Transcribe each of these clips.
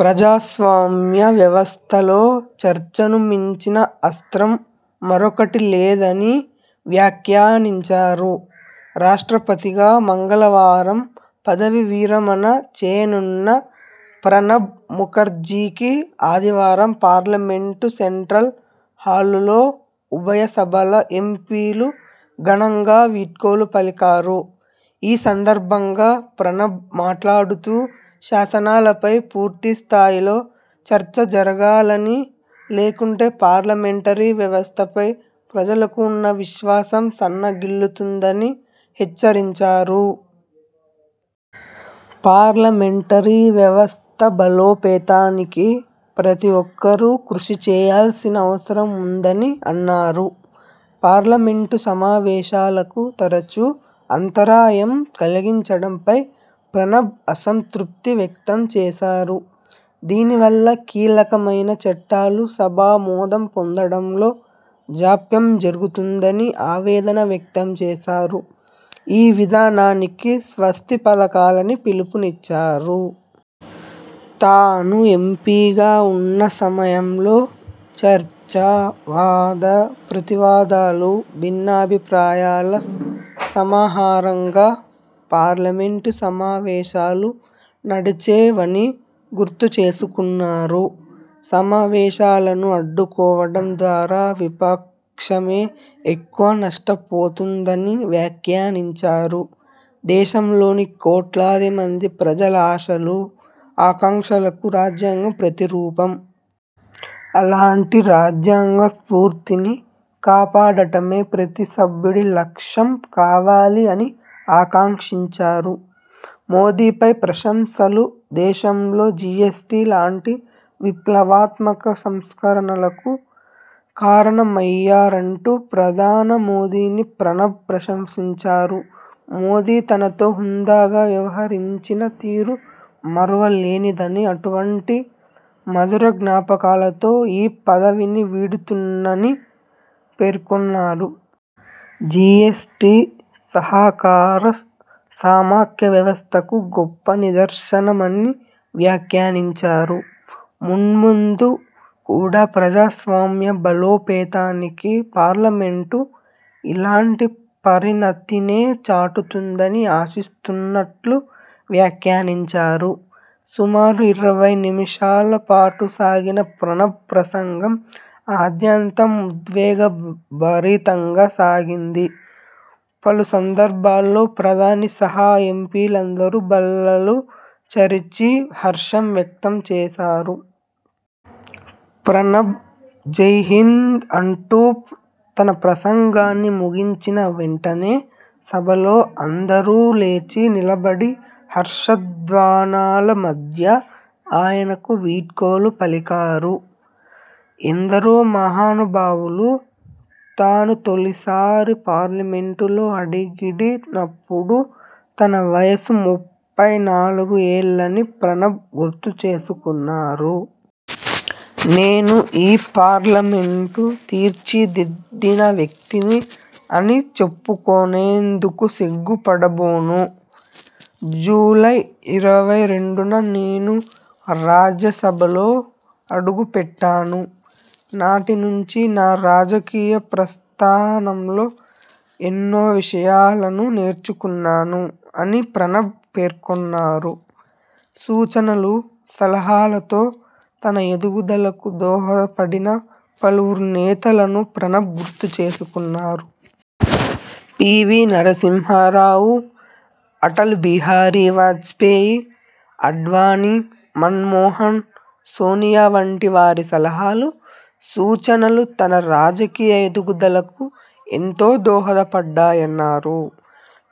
ప్రజాస్వామ్య వ్యవస్థలో చర్చను మించిన అస్త్రం మరొకటి లేదని వ్యాఖ్యానించారు. రాష్ట్రపతిగా మంగళవారం పదవీ విరమణ చేయనున్న ప్రణబ్ ముఖర్జీకి ఆదివారం పార్లమెంటు సెంట్రల్ హాలులో ఉభయ సభల ఎంపీలు ఘనంగా వీడ్కోలు పలికారు. ఈ సందర్భంగా ప్రణబ్ మాట్లాడుతూ, శాసనాలపై పూర్తి స్థాయిలో చర్చ జరగాలని, లేకుంటే పార్లమెంటరీ వ్యవస్థ పై ప్రజలకు ఉన్న విశ్వాసం సన్న గిల్లుతుందని హెచ్చరించారు. పార్లమెంటరీ వ్యవస్థ బలోపేతానికి ప్రతి ఒక్కరూ కృషి చేయాల్సిన అవసరం ఉందని అన్నారు. పార్లమెంటు సమావేశాలకు తరచూ అంతరాయం కలిగించడం పై ప్రణబ్ అసంతృప్తి వ్యక్తం చేశారు. దీని వల్ల కీలకమైన చట్టాలు సభా మోదం పొందడంలో జాప్యం జరుగుతుందని ఆవేదన వ్యక్తం చేశారు. ఈ విధానానికి స్వస్తి పలకాలని పిలుపు నిచ్చారు. తాను ఎంపీగా ఉన్న సమయంలో, చర్చ, వాద ప్రతివాదాలు, భిన్నాభి ప్రాయాల సమాహారంగా పార్లమెంటు సమావేశాలు నడిచే వని గుర్తు చేసుకున్నారు. సమావేశాలను అడ్డుకోవడం ద్వారా విపక్షమే ఎక్కువ నష్ట పోతుందని వ్యాఖ్యానించారు. దేశం లోని కోట్లాది మంది ప్రజల ఆశలు, ఆకాంక్షలకు రాజ్యాంగం ప్రతి రూపం. అలాంటి రాజ్యాంగ స్ఫూర్తిని కాపాడటమే ప్రతి సభ్యుడి లక్ష్యం కావాలి అని ఆకాంక్షించారు. మోదీపై ప్రశంసలు దేశంలో జీఎస్టీ లాంటి విప్లవాత్మక సంస్కరణలకు కారణ మయ్యారంటూ ప్రధాని మోదీని ప్రణబ్ ప్రశంసించారు. మోదీ తనతో హుందాగా వ్యవహరించిన తీరు మరువ లేనిదని, అటువంటి మధుర జ్ఞాపకాలతో ఈ పదవిని వీడుతున్నాని పేర్కొన్నారు. జీఎస్టీ, సహకార సమాఖ్య వ్యవస్థకు గొప్ప నిదర్శన మని వ్యాఖ్యానించారు. మున్ముందు కూడా ప్రజాస్వామ్య బలోపేతానికి పార్లమెంటు ఇలాంటి పరిణతినే చాటుతుందని ఆశిస్తున్నట్లు వ్యాఖ్యానించారు. సుమారు ఇరవై నిమిషాల పాటు సాగిన ప్రణబ్ ప్రసంగం ఆద్యంతం ఉద్వేగ భరితంగా సాగింది. పలు సందర్భాల్లో ప్రధాని సహా ఎంపీ లందరూ బల్లలు చరిచి హర్షం వ్యక్తం చేశారు. ప్రణబ్.. జై హింద్ అంటూ తన ప్రసంగాన్ని ముగించిన వెంటనే సభలో అందరూ లేచి నిలబడి హర్ష ధ్వానాల మధ్య ఆయనకు వీడ్కోలు పలికారు. ఎందరో మహానుభావులు, తాను తొలిసారి పార్లమెంటులో అడిగిడి నప్పుడు తన వయసు ముప్పై నాలుగు ఏళ్లని ప్రణబ్ గుర్తు చేసుకున్నారు. నేను ఈ పార్లమెంటు తీర్చిదిద్దిన వ్యక్తిని అని చెప్పుకొనేందుకు సిగ్గు పడబోను. జూలై ఇరవై రెండున నేను రాజ్య సభలో అడుగు పెట్టాను. నాటి నుంచి నా రాజకీయ ప్రస్థానంలో ఎన్నో విషయాలను నేర్చుకున్నాను అని ప్రణబ్ పేర్కొన్నారు. సూచనలు, సలహాలతో తన ఎదుగుదలకు దోహద పడిన పలువురు నేతలను ప్రణబ్ గుర్తు చేసుకున్నారు. పీవీ నరసింహరావు, అటల్ బిహారీ వాజ్పేయి, ఆడ్వాణీ, మన్మోహన్, సోనియా వంటి వారి సలహాలు, సూచనలు తన రాజకీయ ఎదుగుదలకు ఎంతో దోహద పడ్డాయన్నారు.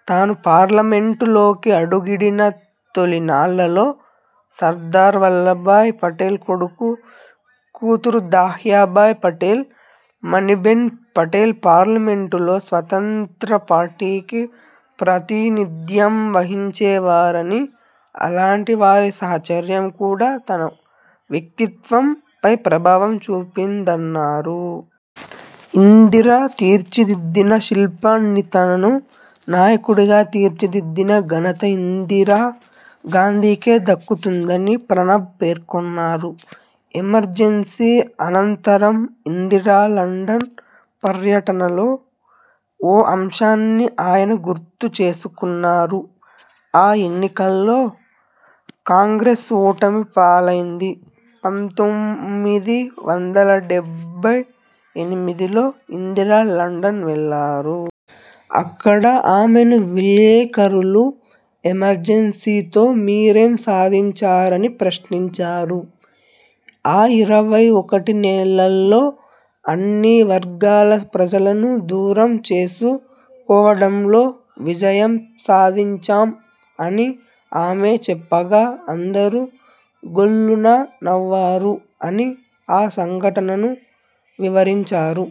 తాను పార్లమెంటు లోకి అడుగిడిన తొలి నాళ్లలో, సర్దార్ వల్లభ్భాయ్ పటేల్ కొడుకు, కూతురు దహ్యాభాయ్ పటేల్, మణిబెన్ పటేల్ పార్లమెంటులో స్వత్రంత్ర పార్టీకి ప్రాతినిధ్యం వహించేవారని, అలాంటి వారి సాహచర్యం కూడా తన వ్యక్తిత్వం పై ప్రభావం చూపిందన్నారు. ఇందిర తీర్చిదిద్దిన శిల్పాన్నితనను నాయకుడిగా తీర్చిదిద్దిన ఘనత ఇందిరా గాంధీకే దక్కుతుందని ప్రణబ్ పేర్కొన్నారు. ఎమర్జెన్సీ అనంతరం ఇందిర లండన్ పర్యటనలో ఓ అంశాన్ని ఆయన గుర్తు చేసుకున్నారు. ఆ ఎన్నికల్లో కాంగ్రెస్ ఓటమి పాలైంది. పంతొమ్మిది వందల డెబ్బై ఎనిమిదిలో ఇందిర లండన్ వెళ్లారు. అక్కడ ఆమెను విలేకరులు, ఎమర్జెన్సీ తో మీరేం సాధించారని ప్రశ్నించారు. ఆ ఇరవై ఒకటి నెలల్లో అన్ని వర్గాల ప్రజలను దూరం చేసు కోవడంలో విజయం సాధించాం అని ఆమె చెప్పగా అందరూ గొల్లున నవ్వారు అని ఆ సంఘటనను వివరించారు.